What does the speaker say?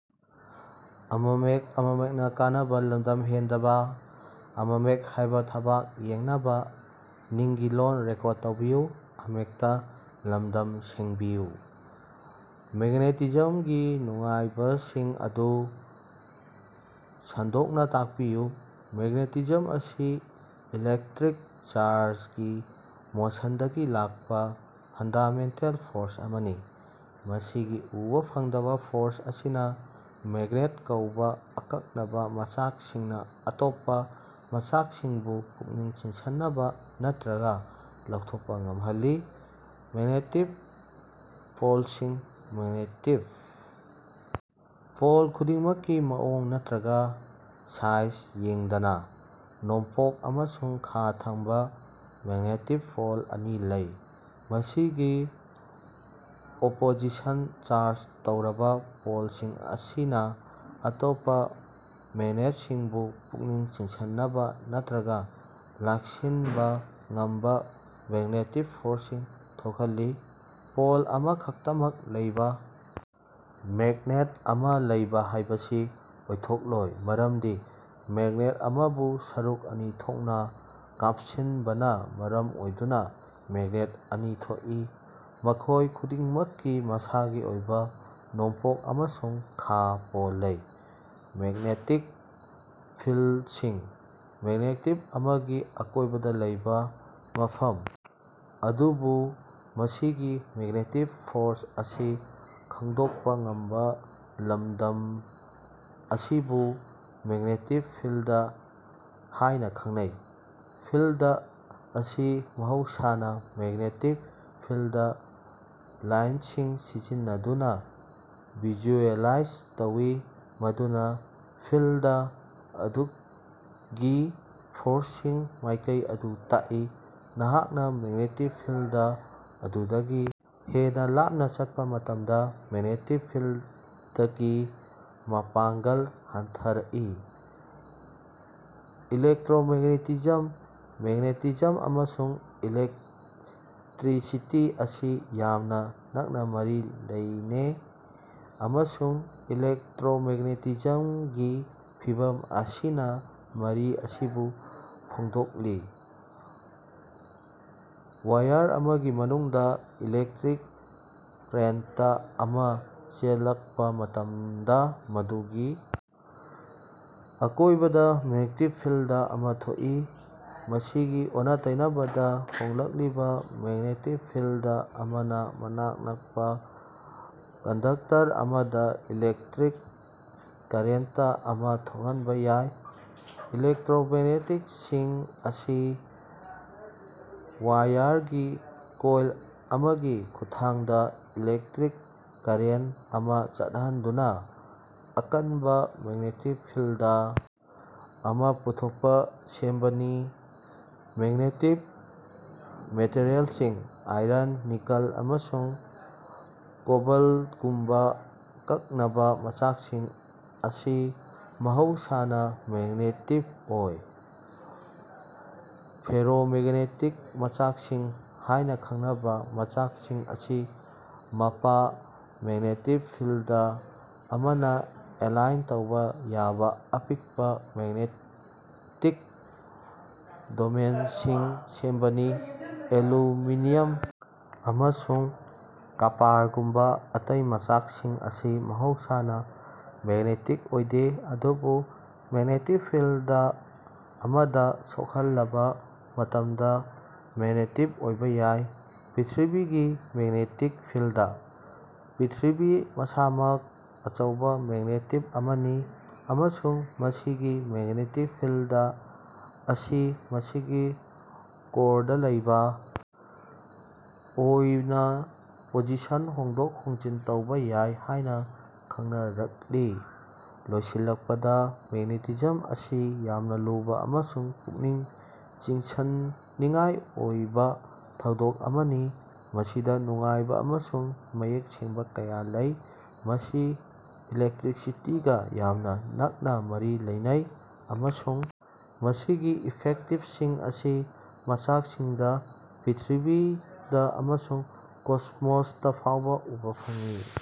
ꯃꯦꯒ꯭ꯅꯦꯇꯤꯖꯝꯒꯤ ꯅꯨꯡꯉꯥꯏꯕꯁꯤꯡ ꯑꯗꯨ ꯁꯟꯗꯣꯛꯅ ꯇꯥꯛꯄꯤꯌꯨ꯫ ꯃꯦꯒ꯭ꯅꯦꯇꯤꯖꯝ ꯑꯁꯤ ꯏꯂꯦꯛꯇꯔꯤꯛ ꯆꯥꯔꯖꯒꯤ ꯃꯣꯁꯟꯗꯒꯤ ꯂꯥꯛꯄꯥ ꯐꯟꯗꯥꯃꯦꯟꯇꯦꯜ ꯐꯣꯔꯁ ꯑꯃꯅꯤ꯫ ꯃꯁꯤꯒꯤ ꯎꯕ ꯐꯪꯗꯕ ꯐꯣꯔꯁ ꯑꯁꯤꯅ ꯃꯦꯒ꯭ꯅꯦꯠ ꯀꯧꯕꯥ ꯑꯀꯛꯅꯕ ꯃꯆꯥꯛꯁꯤꯡꯅ ꯑꯇꯣꯞꯄꯥ ꯃꯆꯥꯛꯁꯤꯡꯕꯨ ꯄꯨꯛꯅꯤꯡ ꯆꯤꯡꯁꯤꯅꯕ ꯅꯠꯇ꯭ꯔꯒꯥ ꯂꯧꯊꯣꯛꯄꯥ ꯉꯝꯍꯜꯂꯤ꯫ ꯃꯦꯒ꯭ꯅꯦꯇꯤꯛ ꯄꯣꯜꯁꯤꯡ: ꯃꯦꯒ꯭ꯅꯦꯇꯤꯛ ꯄꯣꯜ ꯈꯨꯗꯤꯡꯃꯛꯀꯤ ꯃꯑꯣꯡ ꯅꯠꯇ꯭ꯔꯒꯥ ꯁꯥꯏꯖ ꯌꯦꯡꯗꯅ, ꯅꯣꯡꯄꯣꯛ ꯑꯃꯁꯨꯡ ꯈꯥ ꯊꯪꯕ ꯃꯦꯒ꯭ꯅꯦꯇꯤꯛ ꯄꯣꯜ ꯑꯅꯤ ꯂꯩ꯫ ꯃꯁꯤꯒꯤ ꯑꯣꯄꯣꯖꯤꯁꯟ ꯆꯥꯔꯖ ꯇꯧꯔꯕ ꯄꯣꯜꯁꯤꯡ ꯑꯁꯤꯅ ꯑꯇꯣꯞꯄꯥ ꯃꯦꯒ꯭ꯅꯦꯇꯁꯤꯡꯕꯨ ꯄꯨꯛꯅꯤꯡ ꯆꯤꯡꯁꯤꯅꯕ ꯅꯠꯇ꯭ꯔꯒꯥ ꯂꯥꯛꯁꯤꯟꯕ ꯉꯝꯕ ꯃꯦꯒ꯭ꯅꯦꯇꯤꯛ ꯐꯣꯔꯁꯁꯤꯡ ꯊꯣꯛꯍꯜꯂꯤ꯫ ꯄꯣꯜ ꯑꯃꯈꯛꯇꯃꯛ ꯂꯩꯕ ꯃꯦꯒ꯭ꯅꯦꯠ ꯑꯃ ꯂꯩꯕ ꯍꯥꯏꯕꯁꯤ ꯑꯣꯏꯊꯣꯛꯂꯣꯏ, ꯃꯔꯝꯗꯤ ꯃꯦꯒ꯭ꯅꯦꯠ ꯑꯃꯕꯨ ꯁꯔꯨꯛ ꯑꯅꯤ ꯊꯣꯛꯅ ꯀꯥꯞꯁꯤꯟꯕꯅ ꯃꯔꯝ ꯑꯣꯏꯗꯨꯅ ꯃꯦꯒ꯭ꯅꯦꯠ ꯑꯅꯤ ꯊꯣꯛꯏ, ꯃꯈꯣꯏ ꯈꯨꯗꯤꯡꯃꯛꯀꯤ ꯃꯁꯥꯒꯤ ꯑꯣꯏꯕ ꯅꯣꯡꯄꯣꯛ ꯑꯃꯁꯨꯡ ꯈꯥ ꯄꯣꯜ ꯂꯩ꯫ ꯃꯦꯒ꯭ꯅꯦꯇꯤꯛ ꯐꯤꯜꯗꯁꯤꯡ: ꯃꯦꯒ꯭ꯅꯦꯇꯤꯛ ꯑꯃꯒꯤ ꯑꯀꯣꯏꯕꯗ ꯂꯩꯕ ꯃꯐꯝ ꯑꯗꯨꯕꯨ ꯃꯁꯤꯒꯤ ꯃꯦꯒ꯭ꯅꯦꯇꯤꯛ ꯐꯣꯔꯁ ꯑꯁꯤ ꯈꯪꯗꯣꯛꯄꯥ ꯉꯝꯕ ꯂꯝꯗꯝ ꯑꯁꯤꯕꯨ ꯃꯦꯒ꯭ꯅꯦꯇꯤꯛ ꯐꯤꯜꯗ ꯍꯥꯏꯅ ꯈꯪꯅꯩ꯫ ꯐꯤꯜꯗ ꯑꯁꯤ ꯃꯍꯧꯁꯥꯅ ꯃꯦꯒ꯭ꯅꯦꯇꯤꯛ ꯐꯤꯜꯗ ꯂꯥꯏꯟꯁꯤꯡ ꯁꯤꯖꯤꯟꯅꯗꯨꯅ ꯚꯤꯖꯨꯑꯦꯂꯥꯏꯖ ꯇꯧꯏ, ꯃꯗꯨꯅ ꯐꯤꯜꯗ ꯑꯗꯨꯒꯤ ꯐꯣꯔꯁꯀꯤ ꯃꯥꯏꯀꯩ ꯑꯗꯨ ꯇꯥꯛꯏ꯫ ꯅꯍꯥꯛꯅ ꯃꯦꯒ꯭ꯅꯦꯇꯤꯛ ꯐꯤꯜꯗ ꯑꯗꯨꯗꯒꯤ ꯍꯦꯟꯅ ꯂꯥꯞꯅ ꯆꯠꯄꯥ ꯃꯇꯝꯗ ꯃꯦꯒ꯭ꯅꯦꯇꯤꯛ ꯐꯤꯜꯗꯀꯤ ꯃꯄꯥꯉꯡꯒꯜ ꯍꯟꯊꯔꯛꯏ꯫ ꯏꯂꯦꯛꯇꯔꯣꯃꯦꯒ꯭ꯅꯦꯇꯤꯖꯝ: ꯃꯦꯒ꯭ꯅꯦꯇꯤꯖꯝ ꯑꯃꯁꯨꯡ ꯏꯂꯦꯛꯇꯔꯤꯁꯤꯇꯤ ꯑꯁꯤ ꯌꯥꯝꯅ ꯅꯛꯅ ꯃꯔꯤ ꯂꯩꯅꯦ, ꯑꯃꯁꯨꯡ ꯏꯂꯦꯛꯇꯔꯣꯃꯦꯒ꯭ꯅꯦꯇꯤꯖꯝꯒꯤ ꯐꯤꯚꯝ ꯑꯁꯤꯅ ꯃꯔꯤ ꯑꯁꯤꯕꯨ ꯐꯣꯡꯗꯣꯛꯂꯤ꯫ ꯋꯥꯏꯌꯔ ꯑꯃꯒꯤ ꯃꯅꯨꯡꯗ ꯏꯂꯦꯛꯇꯔꯤꯛ ꯀꯔꯦꯟꯇ ꯑꯃꯥ ꯆꯦꯜꯂꯛꯄꯥ ꯃꯇꯝꯗ ꯃꯗꯨꯒꯤ ꯑꯀꯣꯏꯕꯗ ꯃꯦꯒ꯭ꯅꯦꯇꯤꯛ ꯐꯤꯜꯗ ꯑꯃ ꯊꯣꯛꯏ꯫ ꯃꯁꯤꯒꯤ ꯑꯣꯟꯅ-ꯇꯩꯅꯕꯗ, ꯍꯣꯡꯂꯛꯂꯤꯕ ꯃꯦꯒ꯭ꯅꯦꯇꯤꯛ ꯐꯤꯜꯗ ꯑꯃꯅ ꯃꯅꯥꯛ ꯅꯛꯄꯥ ꯀꯟꯗꯨꯛꯇꯔ ꯑꯃꯗ ꯏꯂꯦꯛꯇꯔꯤꯛ ꯀꯔꯦꯟꯇ ꯑꯃ ꯊꯣꯛꯍꯟꯕ ꯌꯥꯏ꯫ ꯏꯂꯦꯛꯇꯔꯣꯃꯦꯒ꯭ꯅꯦꯇꯁꯤꯡ ꯑꯁꯤ ꯋꯥꯏꯌꯥꯔꯒꯤ ꯀꯣꯏꯜ ꯑꯃꯒꯤ ꯈꯨꯠꯊꯥꯡꯗ ꯏꯂꯦꯛꯇꯔꯤꯛ ꯀꯔꯦꯟꯇ ꯑꯃ ꯆꯠꯍꯟꯗꯨꯅ ꯑꯀꯟꯕ ꯃꯦꯒ꯭ꯅꯦꯇꯤꯛ ꯐꯤꯜꯗ ꯑꯃ ꯄꯨꯊꯣꯛꯄꯅ ꯁꯦꯝꯕꯅꯤ꯫ ꯃꯦꯒ꯭ꯅꯦꯇꯤꯛ ꯃꯦꯇꯔꯤꯑꯦꯜꯁꯤꯡ: ꯑꯥꯏꯔꯟ, ꯅꯤꯀꯜ, ꯑꯃꯁꯨꯡ ꯀꯣꯕꯜꯇꯒꯨꯝꯕ ꯑꯀꯛꯅꯕ ꯃꯆꯥꯛꯁꯤꯡ ꯑꯁꯤ ꯃꯍꯧꯁꯥꯅ ꯃꯦꯒ꯭ꯅꯦꯇꯤꯛ ꯑꯣꯏ꯫ ꯐꯦꯔꯣꯃꯦꯒ꯭ꯅꯦꯇꯤꯛ ꯃꯆꯥꯛꯁꯤꯡ ꯍꯥꯏꯅ ꯈꯪꯅꯕ ꯃꯆꯥꯛꯁꯤꯡ ꯑꯁꯤ ꯃꯄꯥ ꯃꯦꯒ꯭ꯅꯦꯇꯤꯛ ꯐꯤꯜꯗ ꯑꯃꯅ ꯑꯦꯂꯥꯏꯟ ꯇꯧꯕ ꯌꯥꯕ ꯑꯄꯤꯛꯄꯥ ꯃꯦꯒ꯭ꯅꯦꯇꯤꯛ ꯗꯣꯃꯦꯟꯁꯤꯡꯅ ꯁꯦꯝꯕꯅꯤ꯫ ꯑꯦꯂꯨꯃꯤꯅꯤꯌꯝ ꯑꯃꯁꯨꯡ ꯀꯄꯥꯔꯒꯨꯝꯕ ꯑꯇꯩ ꯃꯆꯥꯛꯁꯤꯡ ꯑꯁꯤ ꯃꯍꯧꯁꯥꯅ ꯃꯦꯒ꯭ꯅꯦꯇꯤꯛ ꯑꯣꯏꯗꯦ ꯑꯗꯨꯕꯨ ꯃꯦꯒ꯭ꯅꯦꯇꯤꯛ ꯐꯤꯜꯗ ꯑꯃꯗ ꯁꯣꯛꯍꯜꯂꯕ ꯃꯇꯝꯗ ꯃꯦꯒ꯭ꯅꯦꯇꯤꯛ ꯑꯣꯏꯕ ꯌꯥꯏ꯫ ꯄ꯭ꯔꯤꯊꯤꯕꯤꯒꯤ ꯃꯦꯒ꯭ꯅꯦꯇꯤꯛ ꯐꯤꯜꯗ: ꯄ꯭ꯔꯤꯊꯤꯕꯤ ꯃꯁꯥꯃꯛ ꯑꯆꯧꯕ ꯃꯦꯒ꯭ꯅꯦꯇꯤꯛ ꯑꯃꯅꯤ, ꯑꯃꯁꯨꯡ ꯃꯁꯤꯒꯤ ꯃꯦꯒ꯭ꯅꯦꯇꯤꯛ ꯐꯤꯜꯗ ꯑꯁꯤ ꯃꯁꯤꯒꯤ ꯀꯣꯔꯗꯥ ꯂꯩꯕ ꯑꯣꯏꯅ ꯄꯣꯖꯤꯁꯟ ꯍꯣꯡꯗꯣꯛ ꯍꯣꯡꯖꯤꯟ ꯇꯧꯕ ꯌꯥꯏ ꯍꯥꯏꯅ ꯈꯪꯅꯔꯛꯂꯤ꯫ ꯂꯣꯏꯁꯤꯜꯂꯛꯄꯗ, ꯃꯦꯒ꯭ꯅꯦꯇꯤꯖꯝ ꯑꯁꯤ ꯌꯥꯝꯅ ꯂꯨꯕ ꯑꯃꯁꯨꯡ ꯄꯨꯛꯅꯤꯡ ꯆꯤꯡꯁꯤꯟꯅꯤꯡꯉꯥꯏ ꯑꯣꯏꯕ ꯊꯧꯗꯣꯛ ꯑꯃꯅꯤ, ꯃꯁꯤꯗ ꯅꯨꯡꯉꯥꯏꯕ ꯑꯃꯁꯨꯡ ꯃꯌꯦꯛ ꯁꯦꯡꯕ ꯀꯌꯥ ꯂꯩ꯫ ꯃꯁꯤ ꯏꯂꯦꯛꯇꯔꯤꯁꯤꯇꯤꯒ ꯌꯥꯝꯅ ꯅꯛꯅ ꯃꯔꯤ ꯂꯩꯅꯩ, ꯑꯃꯁꯨꯡ ꯃꯁꯤꯒꯤ ꯏꯐꯦꯛꯇꯁꯤꯡ ꯑꯁꯤ ꯃꯆꯥꯛꯁꯤꯡꯗ, ꯄ꯭ꯔꯤꯊꯤꯕꯤꯗ ꯑꯃꯁꯨꯡ ꯀꯣꯁ꯭ꯃꯣꯁꯇꯥ ꯐꯥꯎꯕ ꯎꯕ ꯐꯪꯏ꯫